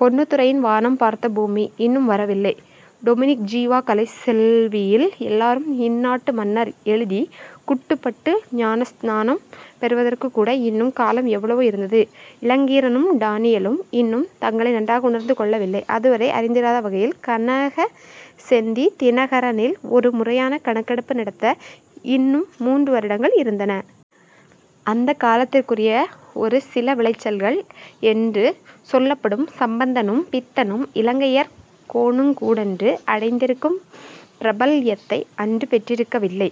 பொன்னுத்துரையின் 'வானம் பார்த்த பூமி' இன்னும் வரவில்லை. டொமினிக் ஜீவா 'கலைச்செல்வி'யில் 'எல்லாரும் இந்நாட்டு மன்னர்' எழுதிக் குட்டுப்பட்டு ஞானஸ்நானம் பெறுவதற்குக்கூட இன்னும் காலம் எவ்வளவோ இருந்தது. இளங்கீரனும் டானியலும் இன்னும் தங்களை நன்றாக உணர்ந்துகொள்ளவில்லை. அதுவரை அறிந்திராத வகையில் கனகசெந்தி 'தினகரனி'ல் ஒரு முறையான கணக்கெடுப்பு நடத்த இன்னும் மூன்று வருடங்கள் இருந்தன. அந்தக் காலத்திற்குரிய ஒரு சில விளைச்சல்கள் என்று சொல்லப்படும் சம்பந்தனும், பித்தனும், இலங்கையர் கோனுங்கூடன்று அடைந்திருக்கும் பிரபல்யத்தை அன்று பெற்றிருக்கவில்லை.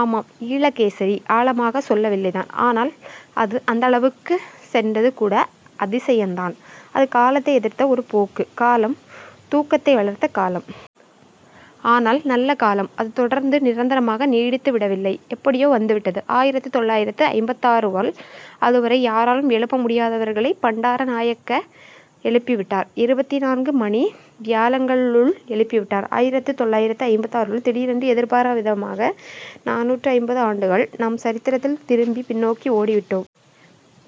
ஆமாம், ஈழகேசரி ஆழமாகச் செல்லவில்லைதான். ஆனால், அது அந்த அளவுக்குச் சென்றது கூட அதிசயந்தான். அது காலத்தை எதிர்த்த ஒரு போக்கு. காலம், தூக்கத்தை வளர்த்த காலம். ஆனால் நல்ல காலம் அது தொடர்ந்து நிரந்தரமாக நீடித்துவிடவில்லை எப்படியோ வந்துவிட்டது. ஆயிரத்து தொள்ளாயிரத்து ஐம்பத்தாறுல் அதுவரை யாராலும் எழுப்ப முடியாதவர்களைப் பண்டாரநாயக்கா எழுப்பிவிட்டார். இருபத்திநான்கு மணித் தியாலங்களுக்குள் எழுப்பிவிட்டார்! ஆயிரத்துத் தொள்ளாயிரத்து ஐம்பத்தாறில் திடீரென்று எதிர்பாராதவிதமாக நானூற்று ஐம்பது ஆண்டுகள் நம் சரித்திரத்தில் திரும்பி பின்னோக்கி ஓடிவிட்டோம்.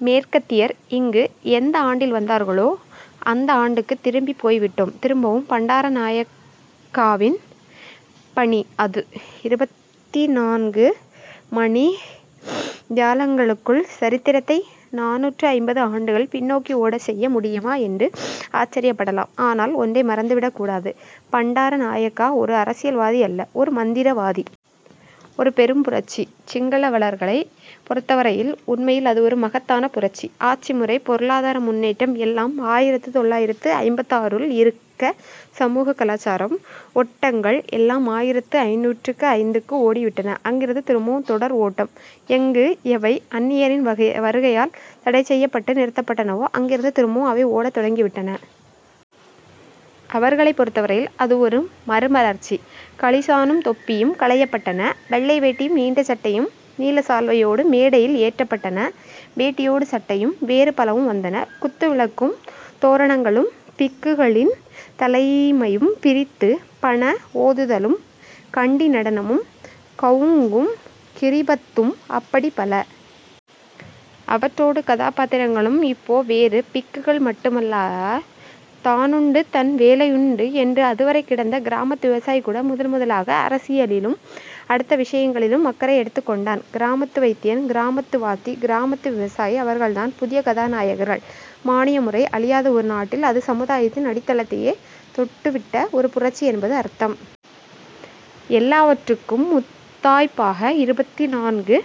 மேற்கத்தியர் இங்கு எந்த ஆண்டில் வந்தார்களோ அந்த ஆண்டுக்குத் திரும்பிப் போய்விட்டோம். திரும்பவும்! பண்டாரநாயக்காவின் பணி அது. இருபத்திநான்கு மணித் தியாலங்களுக்குள் சரித்திரத்தை நானூற்று ஐம்பது ஆண்டுகள் பின்னோக்கி ஓடச் செய்ய முடியுமா என்று ஆச்சரியப்படலாம். ஆனால் ஒன்றை மறந்துவிடக் கூடாது. பண்டாரநாயக்கா ஒரு அரசியல்வாதியல்ல, ஒரு மந்திரவாதி. ஒரு பெரும் புரட்சி. சிங்களவர்களைப் பொருத்தவரையில் உண்மையில் அது மகத்தான புரட்சி. ஆட்சிமுறை, பொருளாதார முன்னேற்றம் எல்லாம் ஆயிரத்து தொள்ளாயிரத்து ஐம்பத்தாறுல் இருக்க சமூக, கலாச்சாரம் ஓட்டங்கள் எல்லாம் ஆயிரத்து ஐந்நூற்று ஐந்துக்கு ஓடிவிட்டன. அங்கிருந்து திரும்பவும் தொடர் ஓட்டம். எங்கு எவை அந்நியரின் வருகையால் தடைசெய்யப்பட்டு நிறுத்தப்பட்டனவோ அங்கிருந்து திரும்பவும் அவை ஓடத் தொடங்கிவிட்டன. அவர்களைப் பொருத்தவரையில் அது ஒரு மறுமலர்ச்சி. களிசானும் தொப்பியும் களையப்பட்டன. வெள்ளை வேட்டியும், நீண்ட சட்டையும் நீலச் சால்வையோடு மேடையில் ஏற்றப்பட்டன. வேட்டியோடும் சட்டையோடும் வேறு பலவும் வந்தன. குத்து விளக்கும், தோரணங்களும், பிக்குகளின் தலைமையும் பிரித்தும், 'பண' ஓதுதலும், கண்டி நடனமும், 'கவுங்'கும், 'கிரிபத்தும் அப்படிப் பல. அவற்றோடு, கதாபாத்திரங்களும் இப்போ வேறு. பிக்குகள் மட்டுமல்ல; தானுண்டு தன் வேலையுண்டு என்று அதுவரை கிடந்த கிராமத்து விவசாயி கூட முதல் முதலாக அரசியலிலும் அடுத்த விஷயங்களிலும் அக்கறை எடுத்துக்கொண்டான். கிராமத்து வைத்தியன், கிராமத்து வாத்தி, கிராமத்து விவசாயி அவர்கள்தான் புதிய கதாநாயகர்கள். மானிய முறை அழியாத ஒரு நாட்டில் அது சமுதாயத்தின் அடித்தளத்தையே தொட்டுவிட்ட ஒரு புரட்சி என்பது அர்த்தம். எல்லாவற்றுக்கும் முத்தாய்ப்பாக இருபத்தி நான்கு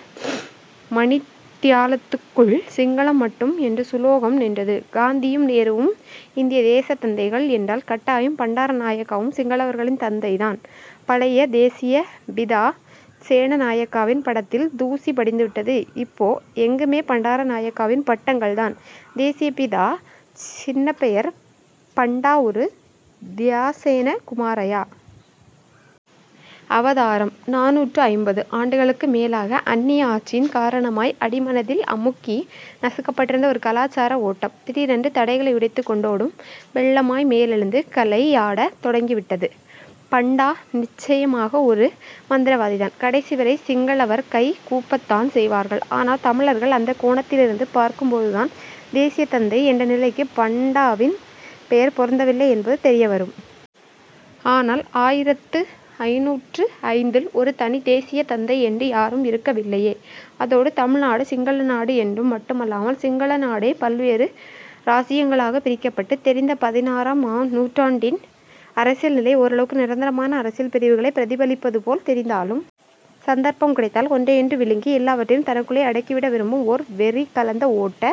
மணித்தியாலத்துக்குள் சிங்களம் மட்டும் என்ற சுலோகம் நின்றது. காந்தியும் நேருவும் இந்தியத் தேசியத் தந்தைகள் என்றால் கட்டாயம் பண்டாரநாயக்காவும் சிங்களவர்களின் தந்தைதான். பழைய தேசியப்பிதா சேனநாயக்காவின் படத்தில் தூசி படிந்துவிட்டது. இப்போ எங்குமே பண்டாரநாயக்காவின் படங்கள்தான். தேசியப்பிதா சின்னப்பெயர். பண்டா ஒரு தியசேன குமாரயா! அவதாரம்! நானூற்று ஐம்பது ஆண்டுகளுக்கு மேலாக அந்நிய ஆட்சியின் காரணமாய் அடிமனதில் அமுக்கி நசுக்கப்பட்டிருந்த ஒரு கலாச்சார ஓட்டம் திடீரென்று தடைகளை உடைத்துக்கொண்டோடும் வெள்ளமாய் மேலெழுந்து 'கலை'யாடத் தொடங்கிவிட்டது. பண்டா நிச்சயமாக ஒரு மந்திரவாதிதான். கடைசிவரை, சிங்களவர்கள் கை கூப்பத்தான் செய்வார்கள். ஆனால் தமிழர்கள்? அந்தக் கோணத்திலிருந்து பார்க்கும்போதுதான் தேசியத் தந்தை என்ற நிலைக்குப் பண்டாவின் பெயர் பொருத்தவில்லை என்பது தெரியவரும். ஆனால் ஆயிரத்து ஐந்நூற்று ஐந்துல் ஒரு தனித் தேசியத் தந்தை என்று யாரும் இருக்கவில்லையே! அதோடு தமிழ்நாடு சிங்களநாடு என்று மட்டுமல்லாமல் சிங்கள நாடே பல்வேறு இராச்சியங்களாகப் பிரிக்கப்பட்டுத் தெரிந்த பதினாறாம் ஆம் நூற்றாண்டின் அரசியல் நிலை ஓரளவுக்கு நிரந்தரமான அரசியல் பிரிவுகளைப் பிரதிபலிப்பதுபோல் தெரிந்தாலும் சந்தர்ப்பம் கிடைத்தால் ஒன்றையன்று விழுங்கி எல்லாவற்றையும் தனக்குள்ளேயே அடக்கிவிட விரும்பும் ஓர் வெறி கலந்த ஓட்ட